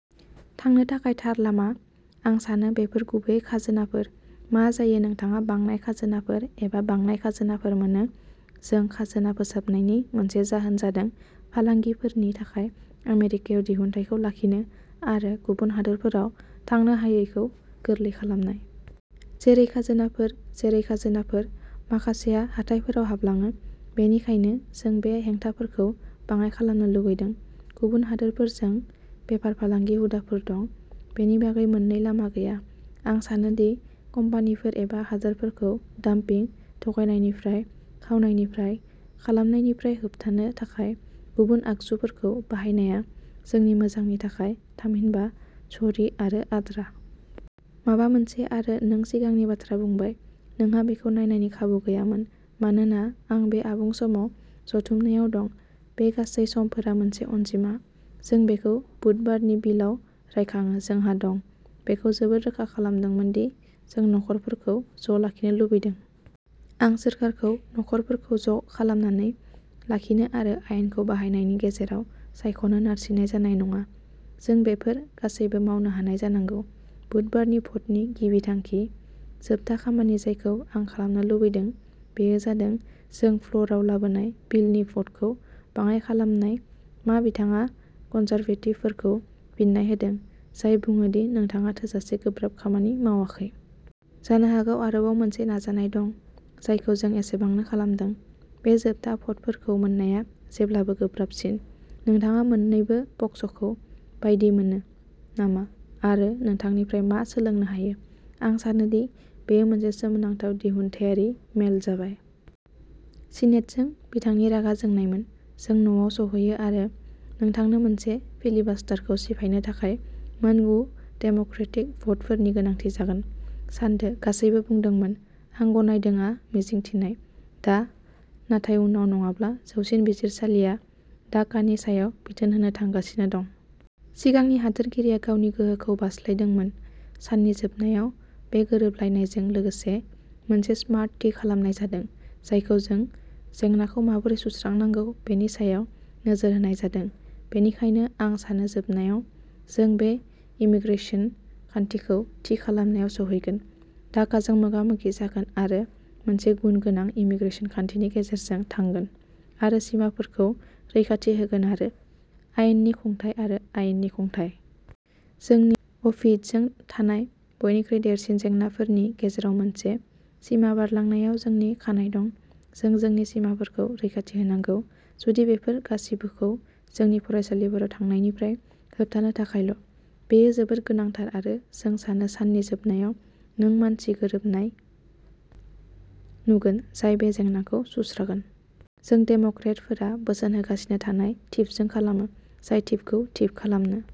थांनो थाखाय थार लामा। आं सानो बेफोर गुबैयै खाजोनाफोर। मा जायो नोंथाङा बांनाय खाजोनाफोर एबा बांनाय खाजोनाफोर मोनो। जों खाजोना फोसाबनायनि मोनसे जाहोना जादों फालांगिफोरनि थाखाय आमेरिकायाव दिहुनथायखौ लाखिनो आरो गुबुन हादोरफोराव थांनो हायैखौ गोरलै खालामनाय। जेरै खाजोनाफोर, जेरै खाजोनाफोर, माखासेया हाथाइफोराव हाबलाङो। बेनिखायनो जों बै हेंथाफोरखौ बाङाइ खालामनो लुगैदों। गुबुन हादोरफोरजों बेफार फालांगि हुदाफोर दं, बेनि बागै मोननै लामा गैया। आं सानो दि कम्पानिफोर एबा हादोरफोरखौ डाम्पिं, थगायनायनिफ्राय, खावनायनिफ्राय, खालामनायनिफ्राय होबथानो थाखाय गुबुन आगजुफोरखौ बाहायनाया जोंनि मोजांनि थाखाय, थामहिनबा चोरी आरो आद्रा। माबा मोनसे आरो नों सिगांनि बाथ्रा बुंबाय। नोंहा बेखौ नायनायनि खाबु गैयामोन मानोना आं बे आबुं-समाव जथुमनायाव दं। बे गासै समफोरा मोनसे अनजिमा। जों बेखौ बुधबारनि बिलआव रायखाङो। जोंहा दं। बेखौ जोबोर रोखा खालामदोंमोन दि जों नखरफोरखौ ज' लाखिनो लुबैदों। आं सोरखारखौ नखरफोरखौ ज'खालामनानै लाखिनो आरो आयेनखौ बाहायनायनि गेजेराव सायख'नो नारसिननाय जानाय नङा। जों बेफोर गासैबो मावनो हानाय जानांगौ। बुधबारनि भ'टनि गिबि थांखि। जोबथा खामानि जायखौ आं खालामनो लुबैदों बेयो जादों जों फ्ल'रआव लाबोनाय बिलनि भ'टखौ बाङाइ खालामनाय मा बिथाङा कनजारभेटिभफोरखौ फिन्नाय होदों जाय बुङो दि नोंथाङा थोजासे गोब्राब खामानि मावाखै। जानो हागौ आरोबाव मोनसे नाजानाय दं जायखौ जों एसेबांनो खालामदों। बै जोबथा भ'टफोरखौ मोननाया जेब्लाबो गोब्राबसिन। नोंथाङा मोन्नैबो पक्षखौ बायदि मोनो नामा आरो नोंथांनिफ्राय मा सोलोंनो हायो। आं सानोदि बेयो मोनसे सोमोनांथाव दिहुनथायारि मेल जाबाय। सिनेटजों बिथांनि रागा जोंनायमोन। जों न'आव सौहैयो आरो नोंथांनो मोनसे फिलिबास्टारखौ सिफायनो थाखाय मोनगु डेम'क्रेटिक भ'टफोरनि गोनांथि जागोन। सानदों गासैबो बुंदोंमोन, आं गनायदोंआ मिजिं थिनाय। दा, नाथाय उनाव नङाब्ला जौसिन बिजिरसालिया डाकानि सायाव बिथोन होनो थांगासिनो दं। सिगांनि हादोरगिरिया गावनि गोहोखौ बारस्लायदोंमोन। साननि जोबनायाव, बे गोरोबलायनायजों लोगोसे मोनसे स्मार्ट थि खालामनाय जादों, जायखौ बे जेंनाखौ माबोरै सुस्रांनांगौ बेनि सायाव नोजोर होनाय जादों, बेनिखायनो आं सानो जोबनायाव, जों बे इमीग्रेसन खान्थिखौ थि खालामनायाव सौहैगोन, डाकाजों मोगा-मोगि जागोन आरो मोनसे गुन गोनां इमीग्रेसन खान्थिनि गेजेरजों थांगोन आरो सिमाफोरखौ रैखाथि होगोन आरो आयेननि खुंथाय आरो आयेननि खुंथाय। जोंनि अफियइडजों थानाय बयनिख्रुइ देरसिन जेंनाफोरनि गेजेराव मोनसे, सिमा बारलांनायाव जोंनि खानाय दं। जों जोंनि सिमाफोरखौ रैखाथि होनांगौ। जुदि बेफोर गासिबोखौ जोंनि फरायसालिफोराव थांनायनिफ्राय होबथानो थाखायल'। बेयो जोबोद गोनांथार आरो आं सानो साननि जोबनायाव, नों मोनसे गोरोबनाय नुगोन जाय बे जेंनाखौ सुस्रांगोन। जों डेम'क्रेटफोरा बोसोन होगासिनो थानाय थिफजों खालामो, जाय थिफखौ थिफ खालामनो।